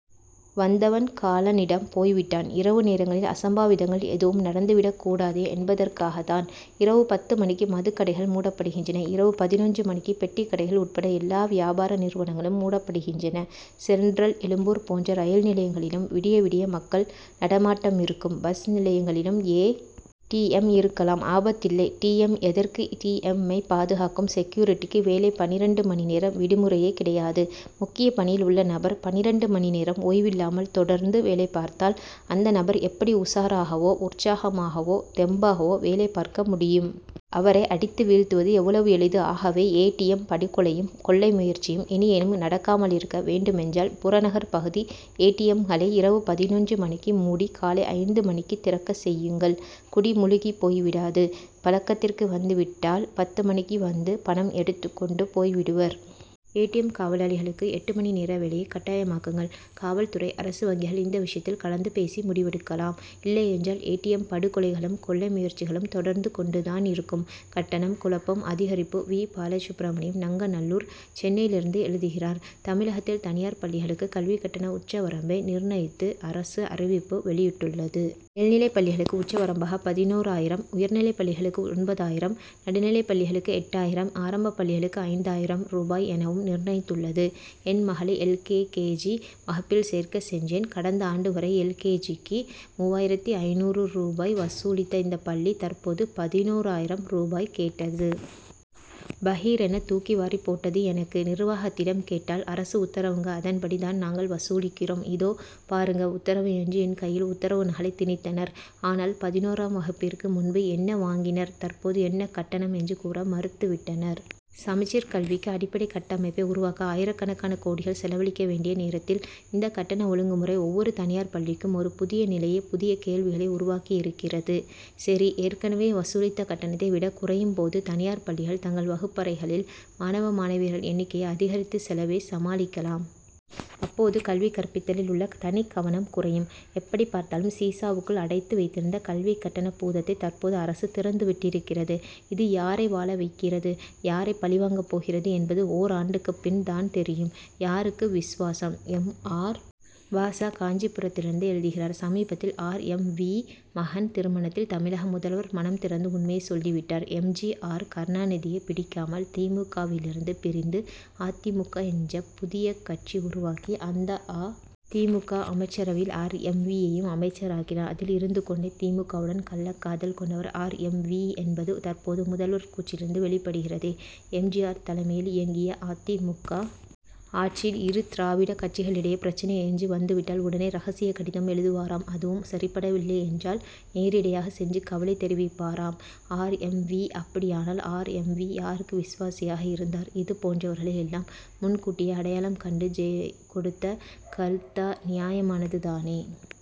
வந்தவன், காலனிடம் போய்விட்டான். இரவு நேரங்களில் அசம்பாவிதங்கள் எதுவும் நடந்துவிடக்கூடாதே என்பதற்காகத் தான், இரவு பத்து மணிக்கு மதுக்கடைகள் மூடப்படுகின்றன. இரவு பதினொன்று மணிக்கு பெட்டிக்கடைகள் உட்பட, எல்லா வியாபார நிறுவனங்களும் மூடப்படுகின்றன. சென்ட்ரல்-எழும்பூர் போன்ற ரயில் நிலையங்களிலும், விடியவிடிய மக்கள் நடமாட்டமிருக்கும், பஸ் நிலையங்களிலும் ஏ. டி. எம்., இருக்கலாம்; ஆபத்தில்லை! டி. எம்., எதற்கு? டி. எம்.,மை பாதுகாக்கும் செக்யூரிட்டிக்கு, வேலை பன்னிரண்டு மணி நேரம்; விடுமுறையே கிடையாது. முக்கிய பணியில் உள்ள நபர், பன்னிரண்டு மணிநேரம் ஓய்வில்லாமல் தொடர்ந்து வேலைப் பார்த்தால், அந்த நபர் எப்படி உஷாராகவோ, உற்சாகமாகவோ, தெம்பாகவோ வேலை பார்க்க முடியும்? அவரை அடித்து வீழ்த்துவது எவ்வளவு எளிது! ஆகவே, ஏ. டி. எம்., படுகொலையும், கொள்ளை முயற்சியும் இனியேனும் நடக்காமலிருக்க வேண்டுமென்றால், புறநகர் பகுதி ஏ. டி. எம்.,களை, இரவு பதினொன்று மணிக்கு மூடி, காலை ஐந்து மணிக்குத் திறக்கச் செய்யுங்கள்; குடி முழுகிப் போய்விடாது! பழக்கத்திற்கு வந்து விட்டால், பத்து மணிக்கு வந்து, பணம் எடுத்துக்கொண்டு போய் விடுவர். ஏ. டி. எம்., காவலாளிகளுக்கு, எட்டு மணி நேர வேலையைக் கட்டாயமாக்குங்கள். காவல்துறை, அரசு வங்கிகள் இந்த விஷயத்தில் கலந்து பேசி முடிவெடுக்கலாம். இல்லையென்றால், ஏ. டி. எம்., படுகொலைகளும், கொள்ளை முயற்சிகளும் தொடர்ந்து கொண்டுதானிருக்கும். கட்டணம் குழப்பம் அதிகரிப்பு வி. பாலசுப்ரமணியம், நங்கநல்லூர், சென்னையிலிருந்து எழுதுகிறார்: தமிழகத்தில் தனியார் பள்ளிகளுக்கு கல்விக் கட்டண உச்சவரம்பை நிர்ணயித்து அரசு அறிவிப்பு வெளியிட்டுள்ளது. மேல்நிலைப் பள்ளிகளுக்கு உச்சவரம்பாக பதினோராயிரம், உயர்நிலைப் பள்ளிகளுக்கு ஒன்பதாயிரம், நடுநிலைப் பள்ளிகளுக்கு எட்டாயிரம், ஆரம்பப் பள்ளிகளுக்கு ஐந்தாயிரம் ரூபாய் எனவும் நிர்ணயித்துள்ளது. என் மகளை, எல். கே. கே. ஜி., வகுப்பில் சேர்க்கச் சென்றேன். கடந்த ஆண்டு வரை, எல். கே. ஜி.,க்கு மூவாயிரத்து ஐந்நூறு ரூபாய் வசூலித்த இந்தப் பள்ளி, தற்போது, பதினோராயிரம் ரூபாய் கேட்டது. பகீர்' என, தூக்கி வாரிப் போட்டது எனக்கு! நிர்வாகத்திடம் கேட்டால், அரசு உத்தரவுங்கஅதன்படி தான் நாங்கள் வசூலிக்கிறோம். இதோ பாருங்க, உத்தரவு' என்று என் கையில், உத்தரவு நகலைத் திணித்தனர். ஆனால், பதினோராம் வகுப்பிற்கு முன்பு என்ன வாங்கினர், தற்போது என்ன கட்டணம் என்று கூற மறுத்து விட்டனர். சமச்சீர் கல்விக்கு அடிப்படைக் கட்டமைப்பை உருவாக்க ஆயிரக்கணக்கான கோடிகள் செலவழிக்க வேண்டிய நேரத்தில், இந்த கட்டண ஒழுங்குமுறை ஒவ்வொரு தனியார் பள்ளிக்கும் ஒரு புதிய நிலையை, புதிய கேள்விகளை உருவாக்கியிருக்கிறது. சரிஏற்கனவே வசூலித்த கட்டணத்தை விட குறையும் போது, தனியார் பள்ளிகள் தங்கள் வகுப்பறைகளில் மாணவ, மாணவியர் எண்ணிக்கையை அதிகரித்து செலவைச் சமாளிக்கலாம். அப்போது, கல்வி கற்பித்தலில் உள்ள தனிக்கவனம் குறையும். எப்படிப்பார்த்தாலும், சீசாவுக்குள் அடைத்து வைத்திருந்த கல்விக் கட்டண பூதத்தை தற்போது அரசு திறந்து விட்டிருக்கிறது. இது யாரை வாழ வைக்கிறது, யாரை பலிவாங்கப் போகிறது என்பது ஓராண்டுக்குப் பின் தான் தெரியும். யாருக்கு விசுவாசம்? எம். ஆர். பாஷா, காஞ்சிபுரத்திலிருந்து எழுதுகிறார்: சமீபத்தில் ஆர். எம். வீ., மகன் திருமணத்தில், தமிழக முதல்வர் மனம் திறந்து உண்மையை சொல்லிவிட்டார். எம். ஜி. ஆர்., கருணாநிதியை பிடிக்காமல், தி. மு. க.,விலிருந்து பிரிந்து, அ. தி. மு. க., என்று புதிய கட்சி உருவாக்கி, அந்த அ. தி. மு. க., அமைச்சரவையில், ஆர். எம். வீ.,யையும் அமைச்சராக்கினார். அதில் இருந்து கொண்டே, தி. மு. க.,வுடன், கள்ளக்காதல்' கொண்டவர் ஆர். எம். வீ., என்பது, தற்போது முதல்வர் கூற்றிலிருந்து வெளிப்படுகிறதே! எம். ஜி. ஆர்., தலைமையில் இயங்கிய அ. தி. மு. க., ஆட்சியில், இரு திராவிட கட்சிகளிடையே பிரச்னை என்று வந்துவிட்டால், உடனே ரகசிய கடிதம் எழுதுவாராம்அதுவும் சரிப்படவில்லை என்றால், நேரிடையாக சென்று கவலை தெரிவிப்பாராம் ஆர். எம். வீ., அப்படியானால், ஆர். எம். வீ., யாருக்கு விசுவாசியாக இருந்தார்? இது போன்றவர்களை எல்லாம் முன்கூட்டியே அடையாளம் கண்டு, ஜெ., கொடுத்த, கல்தா' நியாயமானது தானே!